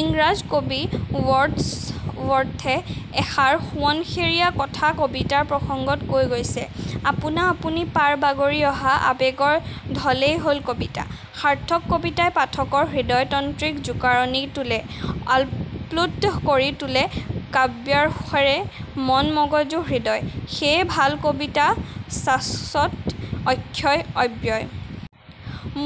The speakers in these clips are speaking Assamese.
ইংৰাজ কবি ৱৰ্ডছৱৰ্থে এষাৰ সোণসেৰীয়া কথা কবিতাৰ প্ৰসংগত কৈ গৈছে- আপোনা-আপুনি পাৰ বাগৰি অহা আৱেগৰ ঢলেই হ'ল কবিতা। " সাৰ্থক কবিতাই পাঠকৰ হৃদয়-তন্ত্ৰীত জোকাৰণি তোলে- আপ্লুত কৰি তোলে কাব্যৰসেৰে মন মগজু হৃদয়। সেয়ে ভাল কবিতা শাশ্বত, অক্ষয়, অব্যয়।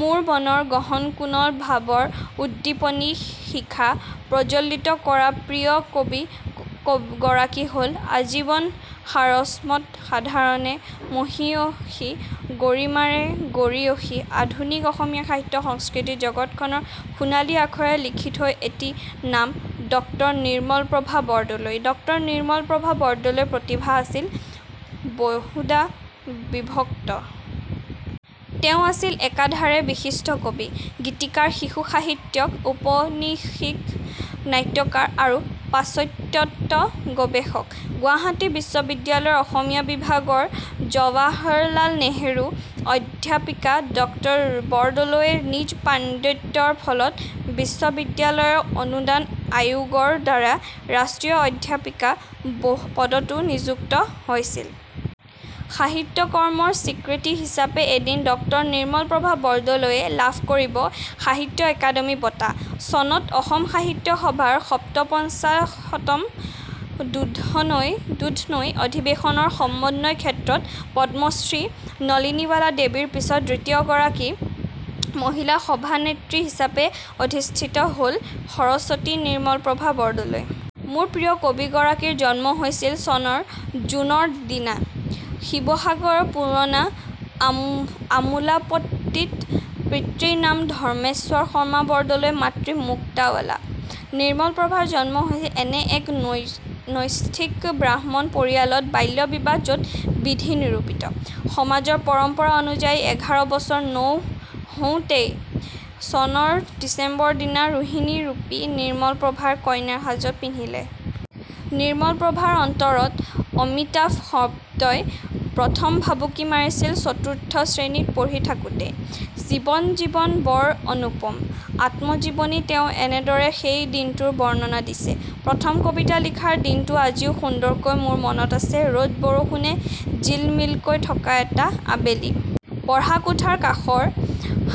মোৰ মনৰ গহন কোণত ভাবৰ উদ্দীপনী শিখা প্ৰজ্বলিত কৰা প্ৰিয় কবি গৰাকী হ'ল- আজীৱন সাৰস্বত সাধনাৰে মহীয়সী, গৰিমাৰে গৰীয়সী, আধুনিক অসমীয়া সাহিত্য-সংস্কৃতিৰ জগতখনত সোণালী আখৰেৰে লিখি থোৱা এটি নাম ড নিৰ্মলপ্ৰভা বৰদলৈ। ড নিৰ্মল প্ৰভা বৰদলৈৰ প্ৰতিভা আছিল বহুধা বিভক্ত। তেওঁ আছিল একাধাৰে বিশিষ্ট কবি, গীতিকাৰ, শিশু-সাহিত্যিক, ঔপন্যাসিক, নাট্যকাৰ আৰু পাচ্যতত্ত্ব গৱেষক ৷ গুৱাহাটী বিশ্ববিদ্যালয়ৰ অসমীয়া বিভাগৰ জৱাহৰলাল নেহৰু অধ্যাপিকা ড বৰদলৈয়ে নিজ পাণ্ডিত্যৰ বলত বিশ্ববিদ্যালয় অনুদান আয়োগৰ দ্বাৰা ৰাষ্ট্ৰীয় অধ্যাপিকা পদতো নিযুক্ত হৈছিল। সাহিত্য কৰ্মৰ স্বীকৃতি হিচাপে এদিন ড নিৰ্মলপ্ৰভা বৰদলৈয়ে লাভ কৰিলে সাহিত্য অকাডেমী বঁটা। চনত অসম সাহিত্য সভাৰ সপ্তপঞ্চাশতম্ দুধনৈ অধিৱেশনৰ 'সমন্বয় ক্ষেত্ৰত পদ্মশ্ৰী নলিনীবালা দেৱীৰ পিছত দ্বিতীয় গৰাকী মহিলা সভানেত্ৰী হিচাপে অধিষ্ঠিত হ'ল 'সৰস্বতী' নিৰ্মলপ্ৰভা বৰদলৈ। মোৰ প্ৰিয় কবিগৰাকীৰ জন্ম হৈছিল চনৰ জুনৰ দিনা, শিৱসাগৰৰ পুৰণা আমোলাপট্টিত। পিতৃৰ নাম ধৰ্মেশ্বৰ শৰ্মা বৰদলৈ, মাতৃ মুক্তাবালা। নিৰ্মলপ্ৰভাৰ জন্ম হৈছিল এনে এক নৈষ্ঠিক ব্ৰাহ্মণ পৰিয়ালত- বাল্য বিবাহ য'ত বিধি নিৰূপিত। সমাজৰ পৰম্পৰা অনুযায়ী এঘাৰ বছৰ নৌ হওঁতেই চনৰ ডিচেম্বৰৰ দিনা 'ৰোহিনী' ৰূপী নিৰ্মলপ্ৰভাই কইনাৰ সাজ পিন্ধিলে। " নিৰ্মলপ্ৰভাৰ অন্তৰত অমিতাভ শব্দই প্ৰথম ভুমুকি মাৰিছিল চতুৰ্থ শ্ৰেণীত পঢ়ি থাকোতেই। 'জীৱন-জীৱন বৰ অনুপম' আত্মজীৱনীত তেওঁ এনেদৰে সেই দিনটোৰ বৰ্ণনা দিছে। "প্ৰথম কবিতা লিখাৰ দিনটো আজিও সুন্দৰকৈ মোৰ মনত আছে। ৰ'দ-বৰষুণে জিলমিলকৈ থকা এটা আবেলি। পঢ়া কোঠাৰ কাষৰ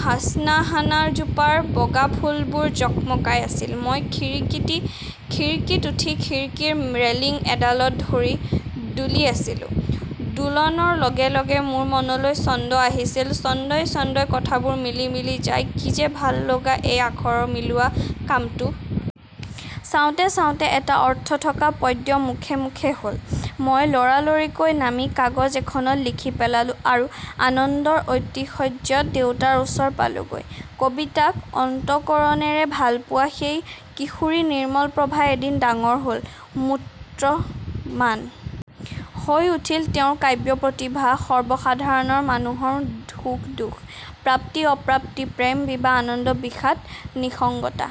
হাচনাহানাজোপাৰ বগা ফুলবোৰ জকমকাই আছিল। মই খিৰিকিত উঠি খিৰিকিৰ ৰেলিং এডালত ধৰি দুলি আছিলো। দোলনৰ লগে লগে মোৰ মনলৈ ছন্দ আহিছিল। ছন্দই ছন্দই কথাবোৰ মিলি মিলি যায়- কি যে ভাল লগা এই আখৰ মিলোৱা কামটো। চাওঁতে চাওঁতে এটা অৰ্থ থকা পদ্য মুখে মুখে হ'ল। মই লৰালৰিকৈ নামি কাগজ এখনত লিখি পেলালো আৰু আনন্দৰ আতিশয্যত দেউতাৰ ওচৰ পালোগৈ। " কবিতাক অন্তকৰণেৰে ভালপোৱা সেই কিশোৰী নিৰ্মলপ্ৰভা এদিন ডাঙৰ হ'ল। মূৰ্তমান হৈ উঠিল তেওঁৰ কাব্য প্ৰতিভা সৰ্বসাধাৰণ মানুহৰ সুখ-দুখ, প্ৰাপ্তি-অপ্ৰাপ্তি, প্ৰেম-বিৰহ, আনন্দ-বিষাদ, নিঃসংগতা,